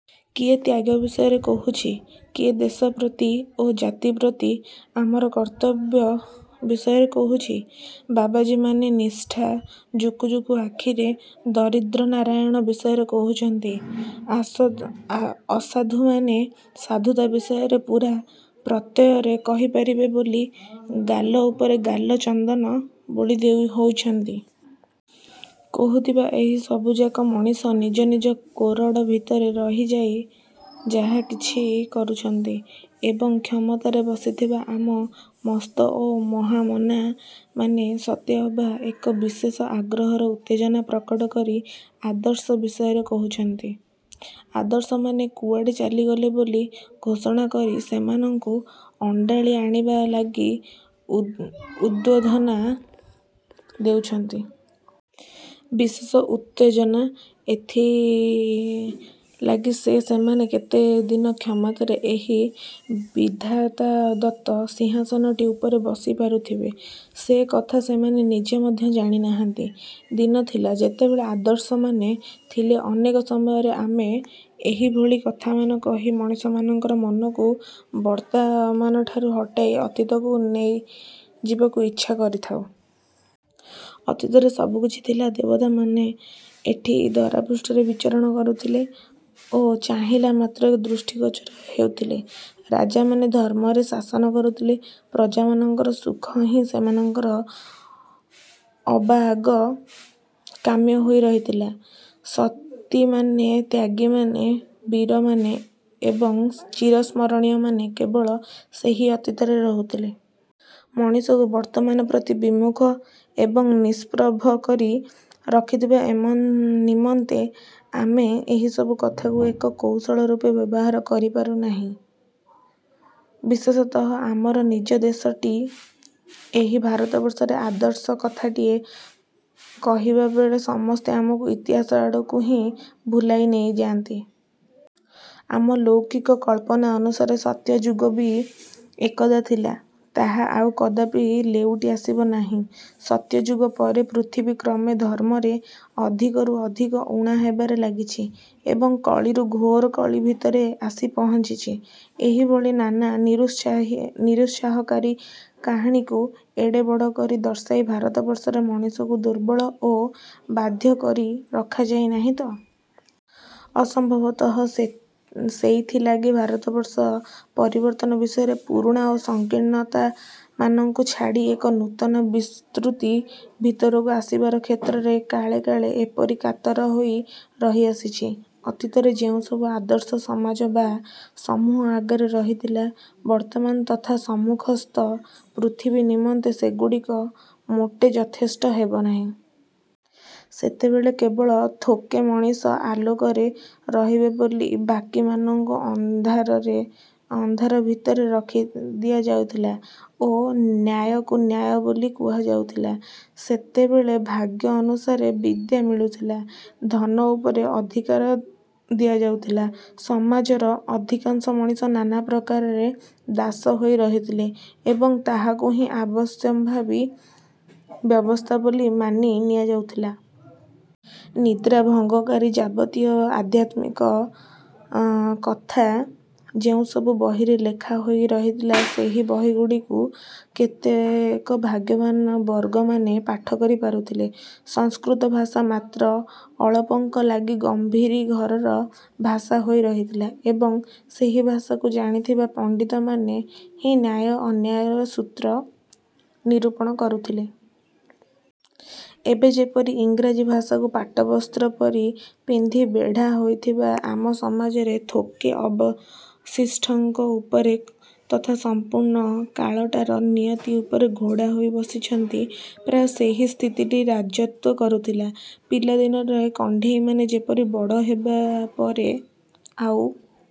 କିଏ ତ୍ୟାଗ ବିଷୟରେ କହୁଛି, କିଏ ଦେଶ ପ୍ରତି ଓ ଜାତି ପ୍ରତି ଆମର କର୍ତ୍ତବ୍ୟ ବିଷୟରେ କହୁଛି। ବାବାଜୀମାନେ ନିଷ୍ଠା ଜୁକୁଜୁକୁ ଆଖିରେ ଦରିଦ୍ରନାରାୟଣ ବିଷୟରେ କହୁଛନ୍ତି। ଅସାଧୁମାନେ ସାଧୁତା ବିଷୟରେ ପୂରା ପ୍ରତ୍ୟୟରେ କହିପାରିବେ ବୋଲି ଗାଲ ଉପରେ ଗାଲେ ଚନ୍ଦନ ବୋଳି ହୋଇଛନ୍ତି। କହୁଥିବା ଏହି ସବୁଯାକ ମଣିଷ ନିଜ ନିଜ କୋରଡ଼ ଭିତରେ ରହି ଯାହା କିଛି କହୁଛନ୍ତି। ଏବଂ କ୍ଷମତାରେ ବସିଥିବା ଆମ ମସ୍ତ ଓ ମହାମନାମାନେ ସତେ ଅବା ଏକ ବିଶେଷ ଆଗ୍ରହର ଉତ୍ତେଜନା ପ୍ରକଟ କରି ଆଦର୍ଶ ବିଷୟରେ କହୁଛନ୍ତି। ଆଦର୍ଶମାନେ କୁଆଡ଼େ ଚାଲିଗଲେ ବୋଲି ଘୋଷଣା କରି ସେମାନଙ୍କୁ ଅଣ୍ଡାଳି ଆଣିବା ଲାଗି ଉଦ୍ବୋଧନ ଦେଉଛନ୍ତି। ବିଶେଷ ଉତ୍ତେଜନା ଏଇଥିଲାଗି ଯେ ସେମାନେ କେତେଦିନ କ୍ଷମତାରେ ଏହି ବିଧାତାଦତ୍ତ ସିଂହାସନଟି ଉପରେ ବସି ପାରୁଥିବେ, ସେକଥା ସେମାନେ ନିଜେ ମଧ୍ୟ ଜାଣିନାହାନ୍ତି। ଦିନ ଥିଲା, ଯେତେବେଳେ ଆଦର୍ଶମାନେ ଥିଲେ ଅନେକ ସମୟରେ ଆମେ ଏହିଭଳି କଥାମାନ କହି ମଣିଷମାନଙ୍କର ମନକୁ ବର୍ତ୍ତମାନଠାରୁ ହଟାଇ ଅତୀତକୁ ନେଇଯିବାକୁ ଇଚ୍ଛା କରିଥାଉ। ଅତୀତରେ ସବୁକିଛି ଥିଲା ଦେବତାମାନେ ଏଠି ଧରାପୃଷ୍ଠରେ ବିଚରଣ କରୁଥିଲେ ଓ ଚାହିଁଲା ମାତ୍ରକେ ଦୃଷ୍ଟିଗୋଚର ହେଉଥିଲେ। ରାଜାମାନେ ଧର୍ମରେ ଶାସନ କରୁଥିଲେ, ପ୍ରଜାମାନଙ୍କର ସୁଖ ହିଁ ସେମାନଙ୍କର ସବାଆଗ କାମ୍ୟ ହୋଇ ରହିଥିଲା। ସତୀମାନେ, ତ୍ୟାଗୀମାନେ, ବୀରମାନେ ଏବଂ ଚିରସ୍ମରଣୀୟମାନେ କେବଳ ସେହି ଅତୀତରେ ରହୁଥିଲେ। ମଣିଷକୁ ବର୍ତ୍ତମାନ ପ୍ରତି ବିମୁଖ ଏବଂ ନିଷ୍ପ୍ରଭ କରି ରଖିବା ନିମନ୍ତେ ଆମେ ଏହିସବୁ କଥାକୁ ଏକ କୌଶଳ ରୂପେ ବ୍ୟବହାର କରୁନାହିଁ ତ? ବିଶେଷତଃ ଆମର ନିଜ ଦେଶ ଏହି ଭାରତବର୍ଷରେ ଆଦର୍ଶ କଥାଟିଏ କହିବାବେଳେ ସମସ୍ତେ ଆମକୁ ଇତିହାସ ଆଡ଼କୁ ହିଁ ଭୁଲାଇ ନେଇ ଯାଆନ୍ତି। ଆମ ଲୌକିକ କଳ୍ପନା ଅନୁସାରେ ସତ୍ୟଯୁଗ ବି ଏକଦା ଥିଲା, ତାହା ଆଉ କଦାପି ଲେଉଟି ଆସିବ ନାହିଁ। ସତ୍ୟଯୁଗ ପରେ ପୃଥିବୀ କ୍ରମେ ଧର୍ମରେ ଅଧିକରୁ ଅଧିକ ଊଣା ହେବାରେ ଲାଗିଛି ଏବଂ କଳିରୁ ଘୋର କଳି ଭିତରେ ଆସି ପହଞ୍ଚିଛି। ଏହିଭଳି ନାନା ନିରୁନିରୁତ୍ସାହକାରୀ କାହାଣୀକୁ ଏଡ଼େ ବଡ଼ କରି ଦର୍ଶାଇ ଭାରତବର୍ଷରେ ମଣିଷକୁ ଦୁର୍ବଳ ଓ ବାଧ୍ୟ କରି ରଖାଯାଇ ନାହିଁ ତ? ସମ୍ଭବତଃ ସେଇଥିଲାଗି ଭାରତବର୍ଷ ପରିବର୍ତ୍ତନ ବିଷୟରେ ପୁରୁଣା ସଂକୀର୍ଣ୍ଣତାମାନଙ୍କୁ ଛାଡ଼ି ଏକ ନୂତନ ବିସ୍ତୃତି ଭିତରକୁ ଆସିବାର କ୍ଷେତ୍ରରେ କାଳେ କାଳେ ଏପରି କାତର ହୋଇ ରହି ଆସିଛି। ଅତୀତରେ ଯେଉଁସବୁ ଆଦର୍ଶ ସମାଜ ବା ସମୂହ ଆଗରେ ରହିଥିଲା ବର୍ତ୍ତମାନ ତଥା ସମ୍ମୁଖସ୍ଥ ପୃଥିବୀ ନିମନ୍ତେ ସେଗୁଡ଼ିକ ମୋଟେ ଯଥେଷ୍ଟ ହେବନାହିଁ। ସେତେବେଳେ କେବଳ ଥୋକେ ମଣିଷ ଆଲୋକରେ ରହବେ ବୋଲି ବାକିମାନଙ୍କୁ ଅନ୍ଧାର ଭିତରେ ରଖିଦିଆ ଯାଇଥିଲା ଓ ତାହାକୁ ନ୍ୟାୟ ବୋଲି କୁହାଯାଉଥିଲା। ସେତେବେଳେ ଭାଗ୍ୟ ଅନୁସାରେ ବିଦ୍ୟା ମିଳୁଥିଲା, ଧନ ଉପରେ ଅଧିକାର ଦିଆଯାଉଥିଲା। ସମାଜର ଅଧିକାଂଶ ମଣିଷ ନାନାପ୍ରକାରରେ ଦାସ ହୋଇ ରହିଥିଲେ ଏବଂ ତାହାକୁ ହିଁ ଆବଶ୍ୟମ୍ଭାବୀ ବ୍ୟବସ୍ଥା ବୋଲି ମାନି ନିଆଯାଉଥିଲା। ନିଦ୍ରାଭଙ୍ଗକାରୀ ଯାବତୀୟ ଆଧ୍ୟାତ୍ମକଥା ଯେଉଁସବୁ ବହିରେ ଲେଖା ହୋଇ ରହିଥିଲା ସେହି ବହିଗୁଡ଼ିକୁ କେତେକ ଭାଗ୍ୟବାନ ବର୍ଗମାନେ ପାଠକରି ପାରୁଥିଲେ। ସଂସ୍କୃତ ଭାଷା ମାତ୍ର ଅଳପଙ୍କ ଲାଗି ଗମ୍ଭୀରି ଘରର ଭାଷା ହୋଇ ରହିଥିଲା ଏବଂ ସେହି ଭାଷାକୁ ଜାଣିଥିବା ପଣ୍ଡିତମାନେ ହିଁ ନ୍ୟାୟ ଅନ୍ୟାୟ ସୂତ୍ର ନିରୂପଣ କରୁଥିଲେ। ଏବେ ଯେପରି ଇଂରାଜୀ ଭାଷାକୁ ପାଟବସ୍ତ୍ର ପରି ପିନ୍ଧି ବେଢ଼ା ହୋଇଥିବା ଆମ ସମାଜରେ ଥୋକେ ଅବଶିଷ୍ଟଙ୍କ ଉପରେ ତଥା ସମ୍ପୂର୍ଣ୍ଣ କାଳଟାର ନିୟତି ଉପରେ ଘୋଡ଼ା ହୋଇ ବସିଛନ୍ତି, ପ୍ରାୟ ସେହି ସ୍ଥିତିଟି ରାଜତ୍ୱ କରୁଥିଲା। ପିଲାଦିନର କଣ୍ଢେଇମାନେ ଯେପରି ବଡ଼ ହେବାପରେ ଆଉ